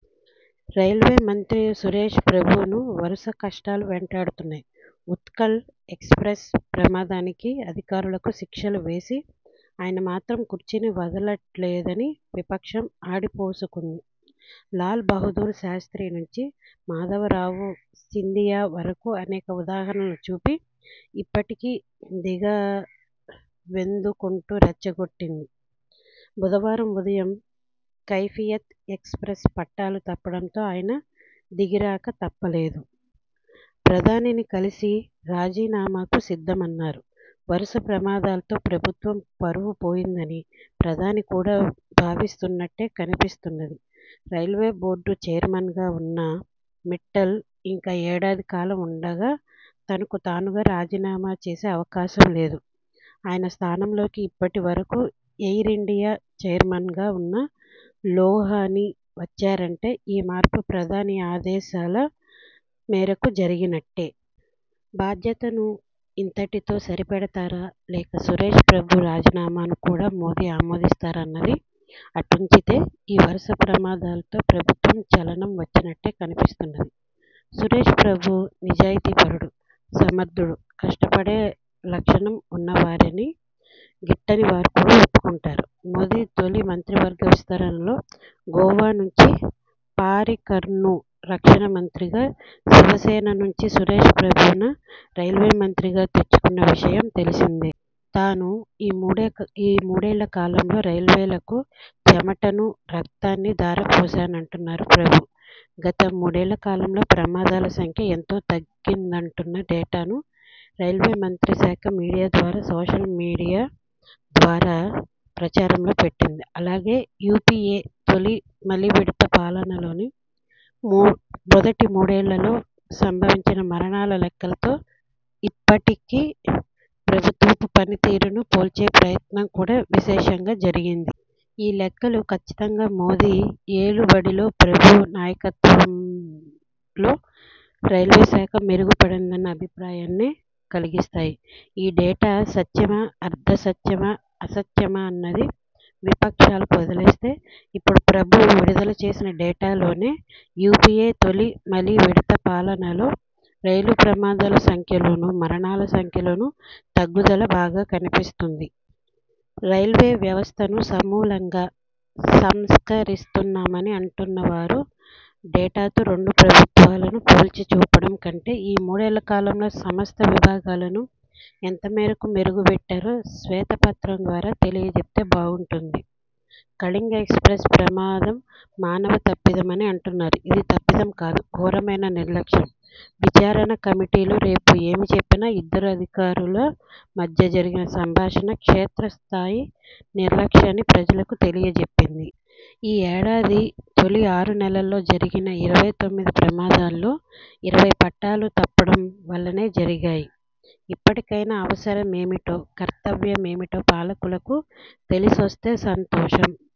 రైల్వేమంత్రి సురేష్ ప్రభును వరుస కష్టాలు వెంటాడుతున్నాయి. ఉత్కళ్ ఎక్స్ప్రెస్ ప్రమాదానికి అధికారులకు శిక్షలు వేసి, ఆయన మాత్రం కుర్చీని వదలాటల్లదని విపక్షం ఆడిపోసుకుంది. లాల్ బాహుదూర్ శాస్త్రి నుంచి మాధవరావు సింధియా వరకూ అనేక ఉదాహరణలు చూపి ఇప్పటికీ దిగ వెందుకంటూ రెచ్చగొట్టింది. బుధవారం ఉదయం కైఫియత్ ఎక్స్ప్రెస్ పట్టాలు తప్పడంతో ఆయన దిగిరాక తప్పలేదు. ప్రధానిని కలిసి రాజీనామాకు సిద్ధమన్నారు. వరుస ప్రమాదాలతో ప్రభుత్వం పరువు పోయిందని ప్రధాని కూడా భావిస్తున్నట్టే కనిపిస్తున్నది. రైల్వేబోర్డు చైర్మన్గా ఉన్న మిట్టల్ ఇంకా ఏడాది కాలం ఉండగా తనకు తానుగా రాజీనామా చేసే అవకాశం లేదు. ఆయన స్థానంలోకి ఇప్పటి వరకూ ఎయిరిండియా చైర్మన్గా ఉన్న లోహానీ వచ్చారంటే ఈ మార్పు ప్రధాని ఆదేశాల మేరకు జరిగినట్టే. బాధ్యతను ఇంతటితో సరిపెడతారా లేక సురేష్ ప్రభు రాజీనామాను కూడా మోదీ ఆమోదిస్తారా అన్నది అటుంచితే, ఈ వరుస ప్రమాదాలతో ప్రభుత్వంలో చలనం వచ్చినట్టే కనిపిస్తున్నది. సురేష్ ప్రభు నిజాయితీ పరుడు, సమర్థుడు, కష్టపడే లక్షణం ఉన్నవారని గిట్టనివారు కూడా ఒప్పుకుంటారు. మోదీ తొలి మంత్రివర్గ విస్తరణలో గోవా నుంచి పారీకర్ను రక్షణమంత్రిగా, శివసేన నుంచి సురేష్ ప్రభున రైల్వేమంత్రిగా తెచ్చుకున్న విషయం తెలిసిందే. తాను ఈ మూడేళ్ళ కాలంలో రైల్వేలకు చెమటనూ రక్తాన్నీ ధారపోశానంటున్నారు ప్రభు. గత మూడేళ్ళకాలంలో ప్రమాదాల సంఖ్య ఎంతో తగ్గిందంటున్న డేటాను రైల్వేమంత్రిత్వశాఖ మీడియా ద్వారా సోషల్ మీడియా ద్వారా ప్రచారంలో పెట్టింది. అలాగే యూపీఏ తొలి, మలివిడత పాలనలోని మొదటి మూడేళ్ళలో సంభవించిన మరణాల లెక్కలతో ఇప్పటి ప్రభుత్వపు పని తీరును పోల్చే ప్రయత్నం కూడా విశేషంగా జరిగింది. ఈ లెక్కలు కచ్చితంగా మోదీ ఏలు బడిలో, ప్రభు నాయకత్వంలో రైల్వేశాఖ మెరుగుపడిందన్న అభిప్రాయాన్నే కలిగిస్తాయి. ఈ డేటా సత్యమా, అర్థసత్యమా, అసత్యమా అన్నది విపక్షాలకు వదిలేస్తే, ఇప్పుడు ప్రభు విడుదల చేసిన డేటాలోనే యూపీఎ తొలి, మలి విడత పాలనలో రైలు ప్రమాదాల సంఖ్యలోనూ, మరణాల సంఖ్యలోనూ తగ్గుదల బాగా కనిపిస్తుంది. రైల్వే వ్యవస్థను సమూలంగా సంస్కరిస్తున్నామని అంటున్నవారు డేటాతో రెండు ప్రభుత్వాలను పోల్చిచూపడం కంటే, ఈ మూడేళ్ళ కాలంలో సమస్త విభాగాలను ఎంతమేరకు మెరుగుబెట్టారో శ్వేతపత్రం ద్వారా తెలియచెబితే బాగుంటుంది. కళింగ ఎక్స్ప్రెస్ ప్రమాదం మానవ తప్పిదమని అంటున్నారు. ఇది తప్పిదం కాదు, ఘోరమైన నిర్లక్ష్యం. విచారణ కమిటీలు రేపు ఏమిచెప్పినా, ఇద్దరు అధికారుల మధ్య జరిగిన సంభాషణ క్షేత్రస్థాయి నిర్లక్ష్యాన్ని ప్రజలకు తెలియ చెప్పింది. ఈ ఏడాది తొలి ఆరు నెలల్లో జరిగిన ఇరవై తొమ్మిది ప్రమాదాల్లో ఇరవై పట్టాలు తప్పడం వల్లనే జరిగాయి. ఇప్పటికైనా అవసరమేమిటో, కర్తవ్యమేమిటో పాలకులకు తెలిసొస్తే సంతోషం.